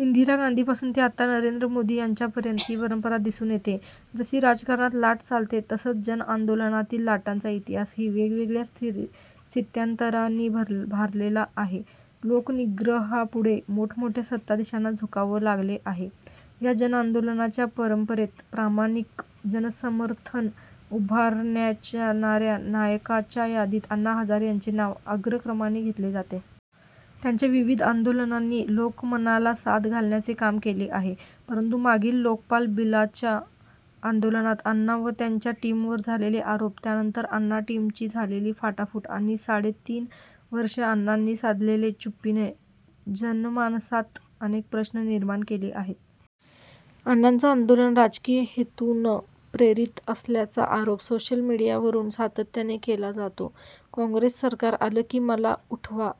इंदिरा गांधींपासून ते आता नरेंद्र मोदी यांच्या पर्यंत ही परंपरा दिसून येते. जशी राजकारणात लाट चालते तसाच जनआंदोलनांतील लाटांचा इतिहासही वेगवेगळ्या स्थित्यंतरांनी भारलेला आहे. लोकनिग्रहापुढे मोठमोठ्या सत्ताधीशांना झुकावे लागले आहे. या जनआंदोलनांच्या परंपरेत प्रामाणिक जनसमर्थन उभारण्याऱ्या नायकांच्या यादीत अण्णा हजारे यांचे नाव अग्रक्रमाने घेतले जाते. त्यांच्या विविध आंदोलनांनी लोकमनाला साद घालण्याचे काम केलेले आहे. परंतु मागील लोकपाल बिलाच्या आंदोलनात अण्णां व त्यांच्या टीमवर झालेले आरोप, त्यानंतर अण्णा टीमची झालेली फाटाफूट, आणि साडे तीनवर्ष अण्णांनी साधलेल्या चुप्पीने जनमानसात अनेक प्रश्न निर्माण केले आहेत. अण्णांचे आंदोलन राजकीय हेतून प्रेरित असल्याचा आरोप सोशल मीडियावरून सातत्याने केला जातो. 'काँग्रेस सरकार आले कि मला उठवा'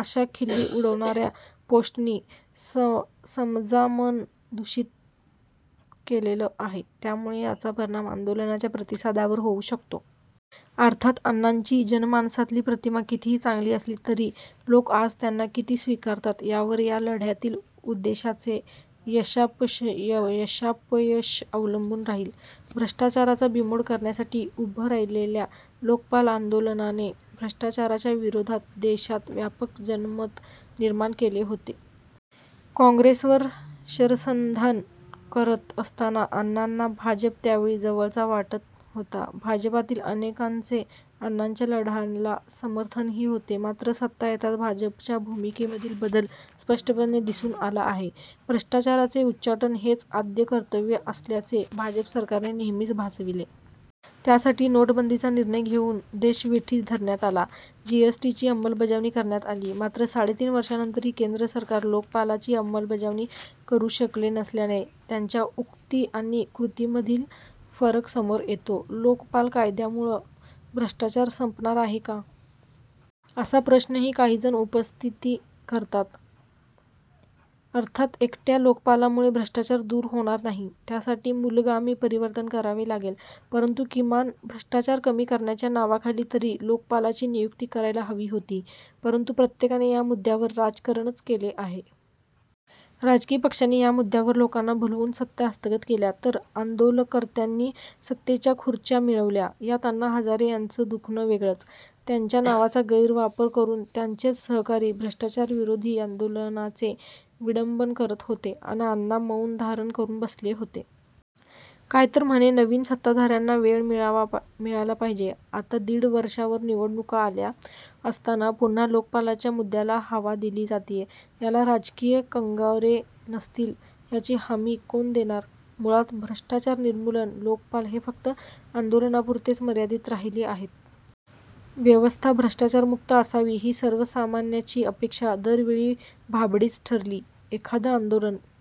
अशा खिल्ली उडवणाऱ्या पोष्ट नी समजामन दूषित केलेलं आहे. त्यामुळे याचा परिणाम आंदोलनांच्या प्रतिसादावर होऊ शकतो. अर्थात, अण्णांची जनमानसातील प्रतिमा कितीही चांगली असली तरी लोक आज त्यांना किती स्वीकारतात यावर या लढ्यातील उद्देशाचे यशापयश अवलंबून राहील. भ्रष्टाचाराचा बीमोड करण्यासाठी उभे राहिलेल्या लोकपाल आंदोलनाने भ्रष्टाचाराच्या विरोधात देशात व्यापक जनमत निर्माण केले होते. काँग्रेस वर शरसंधान करत असताना अण्णांना भाजप त्यावेळी जवळचा वाटत होता. भाजपातील अनेकांचे अण्णांच्या लढ्याला समर्थनही होते. मात्र सत्ता येताच भाजपाच्या भूमिकेमधील बदल स्पष्टपणे दिसून आला आहे. भ्रष्टाचाराचे उच्चाटन हेच आद्य कर्तव्य असल्याचे भाजपा सरकारने नेहेमीच भासविले. त्यासाठी नोटबंदीचा निर्णय घेऊन देश वेठीस धरण्यात आला. जिएसटी ची अंलबजावणी करण्यात आली. मात्र साडेतीन वर्षांनंतरही केंद्र सरकार लोकपालाची अमलबजावणी करू शकले नसल्याने त्यांच्या उक्ती आणि कृतीमधील फरक समोर येतो. लोकपाल कायद्यामुळं भ्रष्टाचार संपणार आहे का? असा प्रश्नही काहीजण उपस्थति करतात. अर्थात एकट्या लोकपालामुळे भ्रष्टाचार दूर होणार नाही, त्यासाठी मूलगामी परिवर्तन करावे लागेल. परंतु किमान भ्रष्टाचार कमी करण्याच्या नावाखाली तरी लोकपालाची नियुक्ती करायला हवी होती. परंतु प्रत्येकाने या मुद्द्यावर राजकारणच केले आहे. राजकीय पक्षांनी या मुद्दावर लोकांना भुलवून सत्ता हस्तगत केल्या, तर आंदोलकर्त्यांनी सत्तेच्या खुर्च्या मिळविल्या. यात अण्णा हजारे यांचं दुखणं वेगळंच.. त्यांच्या नावाचा गैर वापर करून त्यांचेच सहकारी भ्रष्टाचार विरोधी आंदोलनाचे विडंबन करत होते, अन अण्णा मौन धारण करून बसले होते. काय तर म्हणे, नवीन सत्ताधार्यांना वेळ मिळाला पाहिजे. आता दीड वर्षावर निवडणुका आल्या असताना पुन्हा लोकपालच्या मुद्द्याला हवा दिली जातेय. याला राजकीय कंगोरे नसतील, याची हमी कोण देणार? मुळात, भ्रष्टाचार निर्मूलन, लोकपाल हे फक्त आंदोलनापुरतेच मर्यादित राहिले आहेत. व्यवस्था भ्रष्टाचार मुक्त असावी ही सर्वसामान्याची अपेक्षा दरवेळी भाबडीचं ठरली. एखाद आंदोलन